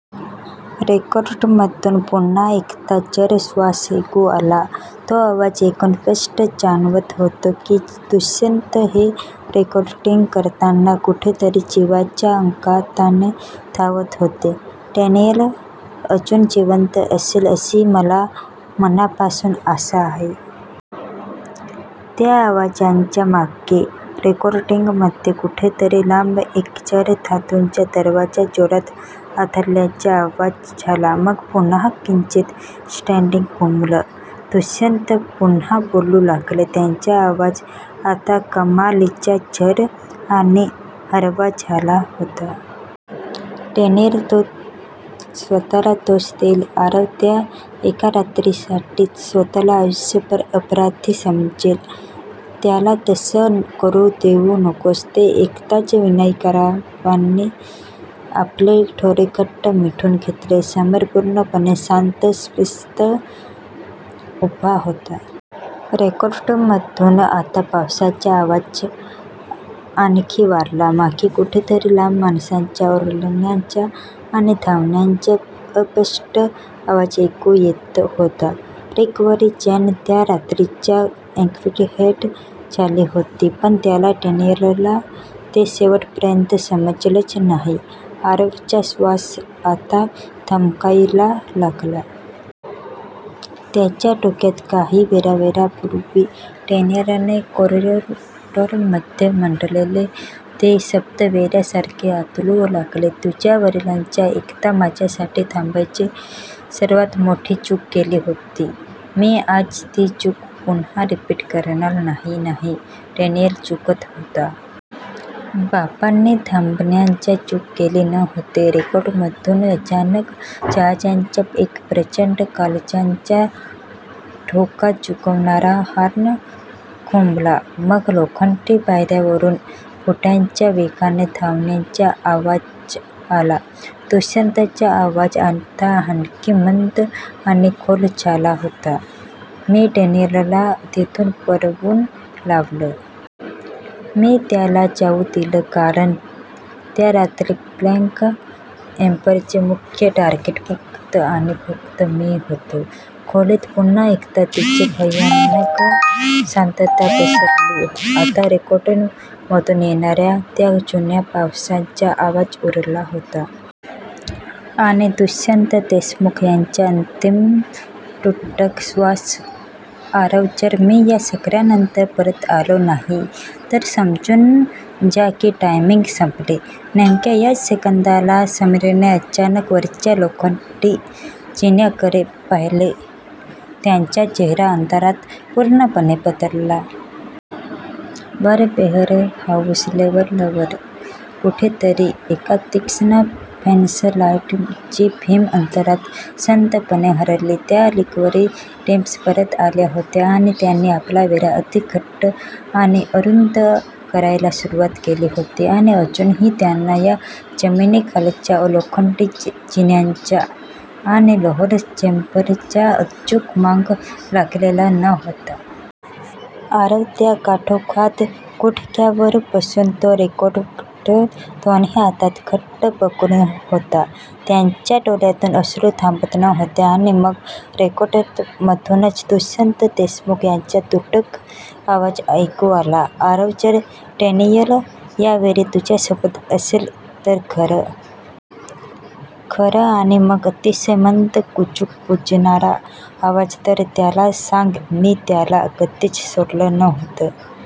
रेकॉर्डरमधून पुन्हा एकदा तो जड श्वास ऐकू आला. तो आवाज ऐकून स्पष्ट जाणवत होतं की, दुष्यंत हे रेकॉर्डिंग करताना कुठेतरी जीवाच्या अकांताने धावत होते. "डॅनियल अजून जिवंत असेल, अशी मला मनापासून आशा आहे. " त्या आवाजाच्या मागे, रेकॉर्डिंगमध्ये कुठेतरी लांब एक जड धातूचा दरवाजा जोरात आदळल्याचा आवाज झाला. मग पुन्हा किंचित स्टॅटिक घुमलं. दुष्यंत पुन्हा बोलू लागले. त्यांचा आवाज आत्ता कमालीचा जड आणि हळवा झाला होता. "डॅनियल, तो स्वतःला दोष देईल, आरव, त्या एका रात्रीसाठी तो स्वतःला आयुष्यभर अपराधी समजेल. त्याला तसं करू देऊ नकोस. " ते ऐकताच विनायकरावांनी आपले डोळे घट्ट मिटून घेतले. समीर पूर्णपणे शांत, स्तब्ध उभा होता. रेकॉर्डरमधून आता पावसाचा आवाज आणखी वाढला. मागे कुठेतरी लांब माणसांच्या ओरडण्याचा आणि धावण्याचा अस्पष्ट आवाज ऐकू येत होता. "रिकव्हरी चेन त्या रात्रीच अॅक्टिव्हेट झाली होती. पण त्याला, डॅनियलला ते शेवटपर्यंत समजलंच नाही. " आरवचा श्वास आता थबकायला लागला. त्याच्या डोक्यात काही वेळापूर्वी डॅनियलने कॉरिडॉरमध्ये म्हटलेले ते शब्द वेड्यासारखे आदळू लागले, "तुझ्या वडिलांनी एकदा माझ्यासाठी थांबायची सर्वात मोठी चूक केली होती... मी आज ती चूक पुन्हा रिपीट करणार नाही. " नाही. डॅनियल चुकत होता. बाबांनी थांबण्याची चूक केली नव्हती. रेकॉर्डरमधून अचानक जहाजाचा एक प्रचंड, काळजाचा ठोका चुकवणारा हॉर्न घुमला. मग लोखंडी पायऱ्यांवरून बुटांच्या वेगाने धावण्याचा आवाज आला. दुष्यंतचा आवाज आता आणखी मंद आणि खोल झाला होता. "मी डॅनियलला तिथून पळवून लावलं. मी त्याला जाऊ दिलं, कारण त्या रात्री ब्लॅक एम्बरचं मुख्य टार्गेट फक्त आणि फक्त मी होतो. " खोलीत पुन्हा एकदा तीच भयानक शांतता पसरली. आता फक्त रेकॉर्डरमधून येणाऱ्या त्या जुन्या पावसाचा आवाज उरला होता. आणि दुष्यंत देशमुख यांचा तो अंतिम, तुटक श्वास. "आरव, जर मी या सगळ्यानंतर परत आलो नाही... तर समजून जा की 'टायमिंग' संपली. " नेमक्या याच सेकंदाला, समीरने अचानक वरच्या लोखंडी जिन्याकडे पाहिलं. त्याचा चेहरा अंधारात पूर्णपणे बदलला. वर वेअरहाऊस लेव्हलवर कुठेतरी एका तीक्ष्ण फ्लॅशलाईटची बीम अंधारात संथपणे हलली. त्या रिकव्हरी टीम्स परत आल्या होत्या आणि त्यांनी आपला वेढा अधिक घट्ट आणि अरुंद करायला सुरुवात केली होती. पण अजूनही त्यांना या जमिनीखालच्या लोखंडी जिन्याचा आणि 'लोअर चेंबर'चा अचूक माग लागलेला नव्हता. आरव त्या काळोखात गुडघ्यांवर बसून तो रेकॉर्डर दोन्ही हातांनी घट्ट पकडून होता. त्याच्या डोळ्यांतून अश्रू थांबत नव्हते. आणि मग रेकॉर्डरमधून दुष्यंत देशमुख यांचा तुटक आवाज ऐकू आला, "आरव जर डॅनियल यावेळी तुझ्यासोबत असेल ," खर्र... खर्र... आणि मग अतिशय मंद, कुजबुजणारा आवाज, " तर त्याला सांग, मी त्याला कधीच सोडलं नव्हतं.